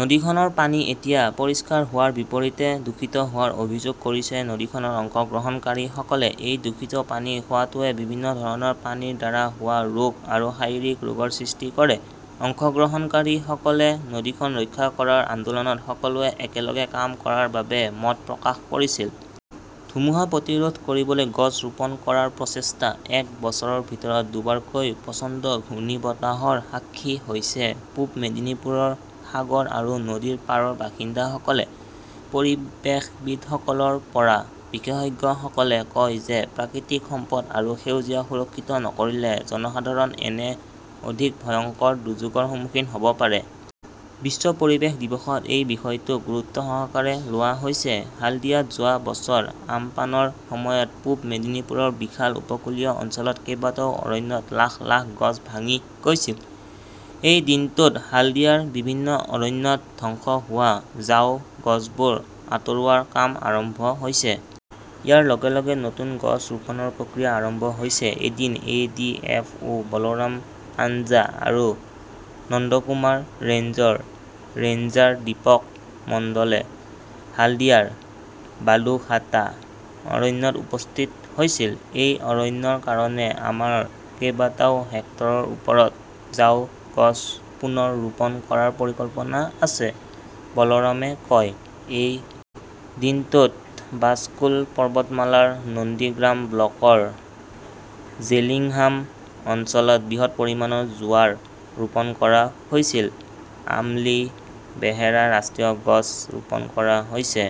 নদীখনৰ পানী এতিয়া পৰিষ্কাৰ হোৱাৰ বিপৰীতে দূষিত হোৱাৰ অভিযোগ কৰিছে নদীখনৰ অংশগ্ৰহণকাৰীসকলে। এই দূষিত পানী খোৱাটোৱে বিভিন্ন ধৰণৰ পানীৰ দ্বাৰা হোৱা ৰোগ আৰু শাৰীৰিক ৰোগৰ সৃষ্টি কৰে। অংশগ্ৰহণকাৰীসকলে নদীখন ৰক্ষা কৰাৰ আন্দোলনত সকলোৱে একেলগে কাম কৰাৰ বাবে মত প্ৰকাশ কৰিছিল। ধুমুহা প্ৰতিৰোধ কৰিবলৈ গছ ৰোপণ কৰাৰ প্ৰচেষ্টা এক বছৰৰ ভিতৰত দুবাৰকৈ প্ৰচণ্ড ঘূৰ্ণীবতাহৰ সাক্ষী হৈছে পূব মেদিনীপুৰৰ সাগৰ আৰু নদীৰ পাৰৰ বাসিন্দাসকলে। পৰিৱেশবিদসকলৰ পৰা বিশেষজ্ঞসকলে কয় যে প্ৰাকৃতিক সম্পদ আৰু সেউজীয়া সুৰক্ষিত নকৰিলে জনসাধাৰণ এনে অধিক ভয়ংকৰ দুৰ্যোগৰ সন্মুখীন হ'ব পাৰে। বিশ্ব পৰিৱেশ দিৱসত এই বিষয়টো গুৰুত্বসহকাৰে লোৱা হৈছে। হালডিয়াত যোৱা বছৰ আমপানৰ সময়ত পূব মেদিনীপুৰৰ বিশাল উপকূলীয় অঞ্চলত কেইবাটাও অৰণ্যত লাখ লাখ গছ ভাঙি গৈছিল। এই দিনটোত হালদিয়াৰ বিভিন্ন অৰণ্যত ধ্বংস হোৱা ঝাও গছবোৰ আতৰোৱাৰ কাম আৰম্ভ হৈছে। ইয়াৰ লগে - লগে নতুন গছ ৰোপণৰ প্ৰক্ৰিয়া আৰম্ভ হৈছে। এদিন A. D. F. O. Balaram Panja আৰু নন্দকুমাৰ ৰেঞ্জৰ ৰেঞ্জাৰ দীপক মণ্ডলে হালদিয়াৰ বালুঘাটা অৰণ্যত উপস্থিত হৈছিল। এই অৰণ্যৰ কাৰণে আমাৰ কেইবাটাও হেক্টৰৰ ওপৰত ঝাও গছ পুনৰ ৰোপণ কৰাৰ পৰিকল্পনা আছে, বলৰামে কয়। এই দিনটোত বাজকুল পৰ্বতমালাৰ নন্দীগ্ৰাম ব্লকৰ জেলিংহাম অঞ্চলত বৃহৎ পৰিমাণৰ জোৱাৰ ৰোপণ কৰা হৈছিল। আমলী, বেহেৰা ৰাষ্ট্ৰীয় গছ ৰোপণ কৰা হৈছে।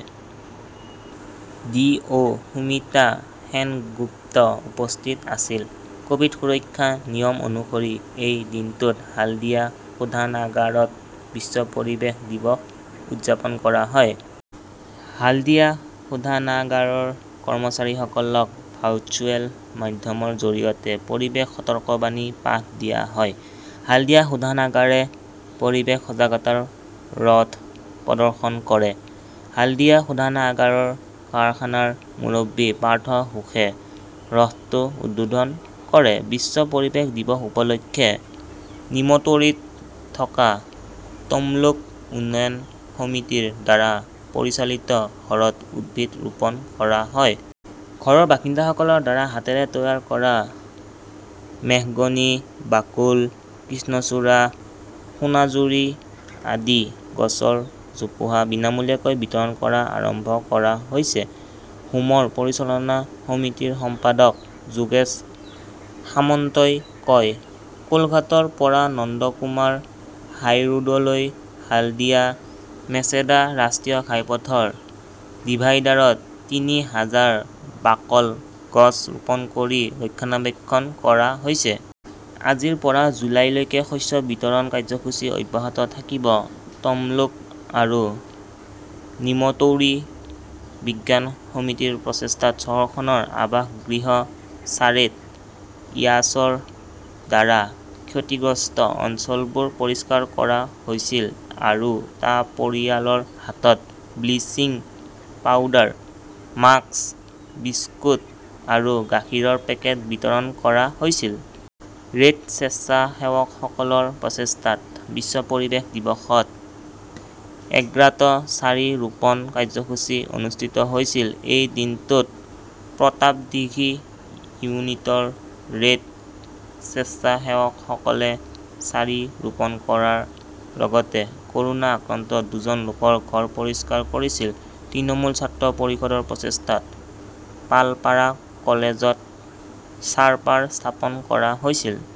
ডি. অ.সুমিতা সেনগুপ্ত উপস্থিত আছিল। কভিড সুৰক্ষা নিয়ম অনুসৰি এই দিনটোত হালদিয়া শোধনাগাৰত বিশ্ব পৰিৱেশ দিৱস উদযাপন কৰা হয়। হালদিয়া শোধনাগাৰৰ কৰ্মচাৰীসকলক ভাৰ্চুৱেল মাধ্যমৰ জৰিয়তে পৰিৱেশ সতৰ্কবাণীৰ পাঠ দিয়া হয়। হালদিয়া শোধনাগাৰে পৰিৱেশ সজাগতাৰ ৰথ প্ৰদৰ্শন কৰে। হলদিয়া শোধনাগাৰৰ কাৰখানাৰ মুৰব্বী পাৰ্থ ঘোষে ৰথটো উদ্বোধন কৰে। বিশ্ব পৰিৱেশ দিৱস উপলক্ষে নিমতৌৰীত থকা তমলুক উন্নয়ন সমিতিৰ দ্বাৰা পৰিচালিত ঘৰত উদ্ভিদ ৰোপণ কৰা হয়। ঘৰৰ বাসিন্দাসকলৰ দ্বাৰা হাতেৰে তৈয়াৰ কৰা মেহগনি, বাকুল, কৃষ্ণচুৰা, সোনাঝুৰি আদি গছৰ জোপোহা বিনামূলীয়াকৈ বিতৰণ কৰা আৰম্ভ কৰা হৈছে। হোমৰ পৰিচালনা সমিতিৰ সম্পাদক যোগেশ সামন্তই কয়, কোলঘাটৰ পৰা নন্দকুমাৰ হাইৰোডলৈ হালদিয়া মেচেদা ৰাষ্ট্ৰীয় ঘাইপথৰ ডিভাইডাৰত তিনি হাজাৰ বাকল গছ ৰোপণ কৰি ৰক্ষণাবেক্ষণ কৰা হৈছে। আজিৰ পৰা জুলাইলৈকে শস্য বিতৰণ কাৰ্যসূচী অব্যাহত থাকিব। তমলুক আৰু নিমতৌৰী বিজ্ঞান সমিতিৰ প্ৰচেষ্টাত চহৰখনৰ আৱাসগৃহ চাৰেত ইয়াছৰ দ্বাৰা ক্ষতিগ্ৰস্ত অঞ্চলবোৰ পৰিষ্কাৰ কৰা হৈছিল আৰু টা পৰিয়ালৰ হাতত ব্লিচিং পাউডাৰ, মাস্ক, বিস্কুট আৰু গাখীৰৰ পেকেট বিতৰণ কৰা হৈছিল। ৰেড স্বেচ্ছাসেৱকসকলৰ প্ৰচেষ্টাত বিশ্ব পৰিৱেশ দিৱসত এগ্ৰাত চাৰি ৰোপণ কাৰ্যসূচী অনুষ্ঠিত হৈছিল। এই দিনটোত প্ৰতাপদিঘি ইউনিটৰ ৰেড স্বেচ্ছাসেৱকসকলে চাৰি ৰোপণ কৰাৰ লগতে কৰোনা আক্ৰান্ত দুজন লোকৰ ঘৰ পৰিষ্কাৰ কৰিছিল। তৃণমূল ছাত্ৰ পৰিষদৰ প্ৰচেষ্টাত পালপাৰা কলেজত চাৰপাৰ স্থাপন কৰা হৈছিল।